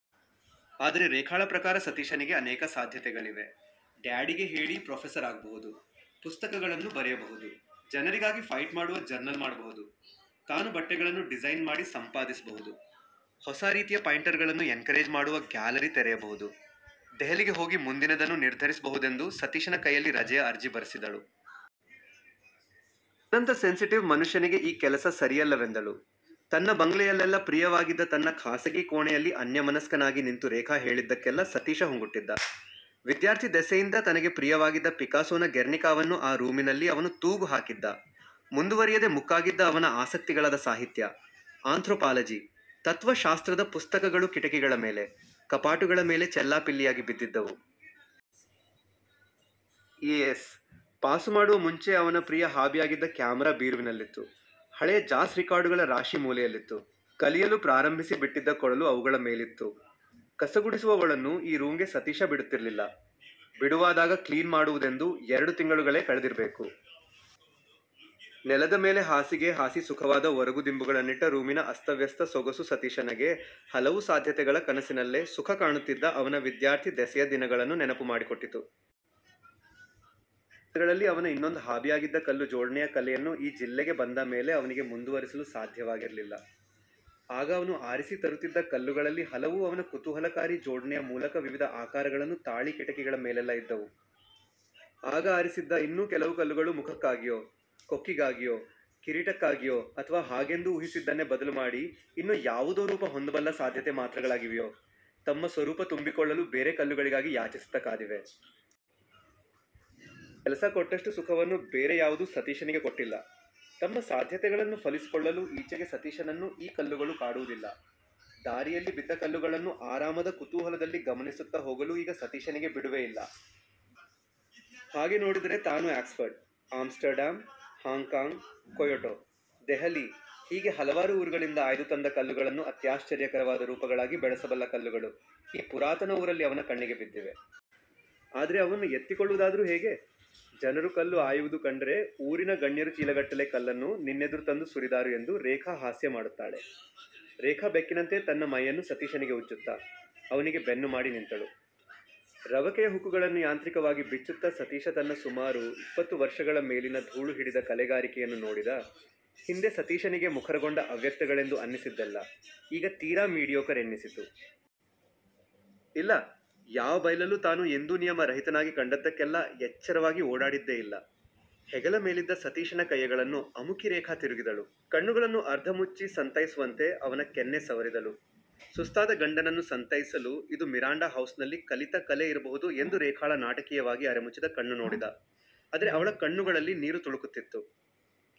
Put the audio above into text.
ಆದರೆ ರೇಖಾಳ ಪ್ರಕಾರ ಸತೀಶನಿಗೆ ಅನೇಕ ಸಾಧ್ಯತೆಗಳಿವೆ: ಡ್ಯಾಡಿಗೆ ಹೇಳಿ ಪ್ರೊಫೆಸರ್ ಆಗಬಹುದು. ಪುಸ್ತಕಗಳನ್ನು ಬರೆಯಬಹುದು. ಜನರಿಗಾಗಿ ಫೈಟ್ ಮಾಡುವ ಜರ್ನಲ್ ಮಾಡಬಹುದು. ತಾನು ಬಟ್ಟೆಗಳನ್ನು ಡಿಸೈನ್ ಮಾಡಿ ಸಂಪಾದಿಸಬಹುದು. ಹೊಸ ರೀತಿಯ ಪೈಂಟರ್ಗಳನ್ನು ಎನ್ಕರೇಜ್ ಮಾಡುವ ಗ್ಯಾಲರಿ ತೆರೆಯಬಹುದು. ದೆಹಲಿಗೆ ಹೋಗಿ ಮುಂದಿನದನ್ನು ನಿರ್ಧರಿಸಬಹುದೆಂದು ಸತೀಶನ ಕೈಯಲ್ಲಿ ರಜೆಯ ಅರ್ಜಿ ಬರೆಸಿದಳು. ನಿನ್ನಂಥ ಸೆನ್ಸಿಟಿವ್ ಮನುಷ್ಯನಿಗೆ ಈ ಕೆಲಸ ಸರಿಯಲ್ಲವೆಂದಳು. ತನ್ನ ಬಂಗಲೆಯಲ್ಲೆಲ್ಲ ಪ್ರಿಯವಾಗಿದ್ದ ತನ್ನ ಖಾಸಗಿ ಕೋಣೆಯಲ್ಲಿ ಅನ್ಯಮನಸ್ಕನಾಗಿ ನಿಂತು ರೇಖಾ ಹೇಳಿದ್ದಕ್ಕೆಲ್ಲ ಸತೀಶ ಹೂಗುಟ್ಟಿದ್ದ. ವಿದ್ಯಾರ್ಥಿ ದೆಸೆಯಿಂದ ತನಗೆ ಪ್ರಿಯವಾಗಿದ್ದ ಪಿಕಾಸೋನ ಗೆರ್ನಿಕಾವನ್ನು ಆ ರೂಮಿನಲ್ಲಿ ಅವನು ತೂಗು ಹಾಕಿದ್ದ. ಮುಂದುವರಿಯದೆ ಮುಕ್ಕಾಗಿದ್ದ ಅವನ ಆಸಕ್ತಿಗಳಾದ ಸಾಹಿತ್ಯ, ಆಂಥ್ರೊಪಾಲಜಿ, ತತ್ವ ಶಾಸ್ತ್ರದ ಪುಸ್ತಕಗಳು ಕಿಟಕಿಗಳ ಮೇಲೆ, ಕಪಾಟುಗಳ ಮೇಲೆ ಚೆಲ್ಲಾಪಿಲ್ಲಿಯಾಗಿ ಬಿದ್ದಿದ್ದವು. ಐ. ಎ. ಎಸ್. ಪಾಸುಮಾಡುವ ಮುಂಚೆ ಅವನ ಪ್ರಿಯ ಹಾಬಿಯಾಗಿದ್ದ ಕ್ಯಾಮರಾ ಬೀರುವಿನಲ್ಲಿತ್ತು. ಹಳೆಯ ಜಾಸ್ ರಿಕಾರ್ಡುಗಳ ರಾಶಿ ಮೂಲೆಯಲ್ಲಿತ್ತು. ಕಲಿಯಲು ಪ್ರಾರಂಭಿಸಿ ಬಿಟ್ಟಿದ್ದ ಕೊಳಲು ಅವುಗಳ ಮೇಲಿತ್ತು. ಕಸಗುಡಿಸುವವಳನ್ನೂ ಈ ರೂಂಗೆ ಸತೀಶ ಬಿಡುತ್ತಿರಲಿಲ್ಲ. ಬಿಡುವಾದಾಗ ಕ್ಲೀನ್ ಮಾಡುವುದೆಂದು ಎರಡು ತಿಂಗಳುಗಳೇ ಕಳೆದಿರಬೇಕು. ನೆಲದ ಮೇಲೆ ಹಾಸಿಗೆ ಹಾಸಿ ಸುಖವಾದ ಒರಗು ದಿಂಬುಗಳನ್ನಿಟ್ಟ ರೂಮಿನ ಅಸ್ತವ್ಯಸ್ತ ಸೊಗಸು ಸತೀಶನಗೆ ಹಲವು ಸಾಧ್ಯತೆಗಳ ಕನಸಿನಲ್ಲೆ ಸುಖ ಕಾಣುತ್ತಿದ್ದ ಅವನ ವಿದ್ಯಾರ್ಥಿ ದೆಸೆಯ ದಿನಗಳನ್ನು ನೆನಪು ಮಾಡಿಕೊಟ್ಟಿತು. ಆ ದಿನಗಳಲ್ಲಿ ಅವನ ಇನ್ನೊಂದು ಹಾಬಿಯಾಗಿದ್ದ ಕಲ್ಲು ಜೋಡಣೆಯ ಕಲೆಯನ್ನು ಈ ಜಿಲ್ಲೆಗೆ ಬಂದ ಮೇಲೆ ಅವನಿಗೆ ಮುಂದುವರಿಸಲು ಸಾಧ್ಯವಾಗಿರಲಿಲ್ಲ. ಆಗ ಅವನು ಆರಿಸಿ ತರುತ್ತಿದ್ದ ಕಲ್ಲುಗಳಲ್ಲಿ ಹಲವು ಅವನ ಕುತೂಹಲಕಾರಿ ಜೋಡಣೆಯ ಮೂಲಕ ವಿವಿಧ ಆಕಾರಗಳನ್ನು ತಾಳಿ ಕಿಟಕಿಗಳ ಮೇಲೆಲ್ಲ ಇದ್ದವು. ಆಗ ಆರಿಸಿದ್ದ ಇನ್ನೂ ಕೆಲವು ಕಲ್ಲುಗಳು ಮುಖಕ್ಕಾಗಿಯೋ, ಕೊಕ್ಕಿಗಾಗಿಯೋ, ಕಿರೀಟಕ್ಕಾಗಿಯೋ ಅಥವಾ ಹಾಗೆಂದು ಊಹಿಸಿದ್ದನ್ನೆ ಬದಲು ಮಾಡಿ ಇನ್ನು ಯಾವುದೋ ರೂಪ ಹೊಂದಬಲ್ಲ ಸಾಧ್ಯತೆ ಮಾತ್ರಗಳಾಗಿವೆಯೋ – ತಮ್ಮ ಸ್ವರೂಪ ತುಂಬಿಕೊಳ್ಳಲು ಬೇರೆ ಕಲ್ಲುಗಳಿಗಾಗಿ ಯಾಚಿಸುತ್ತ ಕಾದಿವೆ. ಈ ಕೆಲಸ ಕೊಟ್ಟಷ್ಟು ಸುಖವನ್ನು ಬೇರೆ ಯಾವುದೂ ಸತೀಶನಿಗೆ ಕೊಟ್ಟಿಲ್ಲ. ತಮ್ಮ ಸಾಧ್ಯತೆಗಳನ್ನು ಫಲಿಸಿಕೊಳ್ಳಲು ಈಚೆಗೆ ಸತೀಶನನ್ನು ಈ ಕಲ್ಲುಗಳು ಕಾಡುವುದಿಲ್ಲ. ದಾರಿಯಲ್ಲಿ ಬಿದ್ದ ಕಲ್ಲುಗಳನ್ನು ಆರಾಮದ ಕುತೂಹಲದಲ್ಲಿ ಗಮನಿಸುತ್ತ ಹೋಗಲು ಈಗ ಸತೀಶನಿಗೆ ಬಿಡುವೇ ಇಲ್ಲ. ಹಾಗೆ ನೋಡಿದರೆ ತಾನು Oxford, Amsterdam, Hong Kong, Kyoto, Delhi – ಹೀಗೆ ಹಲವಾರು ಊರುಗಳಿಂದ ಆಯ್ದು ತಂದ ಕಲ್ಲುಗಳನ್ನು ಅತ್ಯಾಶ್ಚರ್ಯಕರವಾದ ರೂಪಗಳಾಗಿ ಬೆಳೆಸಬಲ್ಲ ಕಲ್ಲುಗಳು ಈ ಪುರಾತನ ಊರಲ್ಲಿ ಅವನ ಕಣ್ಣಿಗೆ ಬಿದ್ದಿವೆ. ಆದರೆ ಅವನ್ನು ಎತ್ತಿಕೊಳ್ಳುವುದಾದರೂ ಹೇಗೆ? ಜನರು ಕಲ್ಲು ಆಯುವುದು ಕಂಡರೆ ಊರಿನ ಗಣ್ಯರು ಚೀಲಗಟ್ಟಲೆ ಕಲ್ಲನ್ನು ನಿನ್ನೆದುರು ತಂದು ಸುರಿದಾರು ಎಂದು ರೇಖಾ ಹಾಸ್ಯಮಾಡುತ್ತಾಳೆ. ರೇಖಾ ಬೆಕ್ಕಿನಂತೆ ತನ್ನ ಮೈಯನ್ನು ಸತೀಶನಿಗೆ ಉಜ್ಜುತ್ತ, ಅವನಿಗೆ ಬೆನ್ನು ಮಾಡಿ ನಿಂತಳು. ರವಕೆಯ ಹುಕ್ಕುಗಳನ್ನುಯಾಂತ್ರಿಕವಾಗಿ ಬಿಚ್ಚುತ್ತ ಸತೀಶ ತನ್ನ ಸುಮಾರು ಇಪ್ಪತ್ತು ವರ್ಷಗಳ ಮೇಲಿನ ಧೂಳು ಹಿಡಿದ ಕಲೆಗಾರಿಕೆಯನ್ನು ನೋಡಿದ: ಹಿಂದೆ ಸತೀಶನಿಗೆ ಮುಖರಗೊಂಡ ಅವ್ಯಕ್ತಗಳೆಂದು ಅನ್ನಿಸಿದ್ದೆಲ್ಲ ಈಗ ತೀರಾ ಮೀಡಿಯೋಕರ್ ಎನ್ನಿಸಿತು. ಇಲ್ಲ – ಯಾವ ಬಯಲಲ್ಲೂ ತಾನು ಎಂದೂ ನಿಯಮ ರಹಿತನಾಗಿ ಕಂಡದ್ದಕ್ಕೆಲ್ಲ ಎಚ್ಚರವಾಗಿ ಓಡಾಡಿದ್ದೇ ಇಲ್ಲ. ಹೆಗಲ ಮೇಲಿದ್ದ ಸತೀಶನ ಕೈಯಗಳನ್ನು ಅಮುಕಿ ರೇಖಾ ತಿರುಗಿದಳು. ಕಣ್ಣುಗಳನ್ನು ಅರ್ಧ ಮುಚ್ಚಿ ಸಂತೈಸುವಂತೆ ಅವನ ಕೆನ್ನೆ ಸವರಿದಳು: ಸುಸ್ತಾದ ಗಂಡನನ್ನು ಸಂತೈಸಲು ಇದು ಮಿರಾಂಡಾ ಹೌಸ್ನಲ್ಲಿ ಕಲಿತ ಕಲೆ ಇರಬಹುದು ಎಂದು ರೇಖಾಳ ನಾಟಕೀಯವಾಗಿ ಅರೆಮುಚ್ಚಿದ ಕಣ್ಣು ನೋಡಿದ. ಅದರೆ ಅವಳ ಕಣ್ಣುಗಳಲ್ಲಿ ನೀರು ತುಳುಕುತ್ತಿತ್ತು.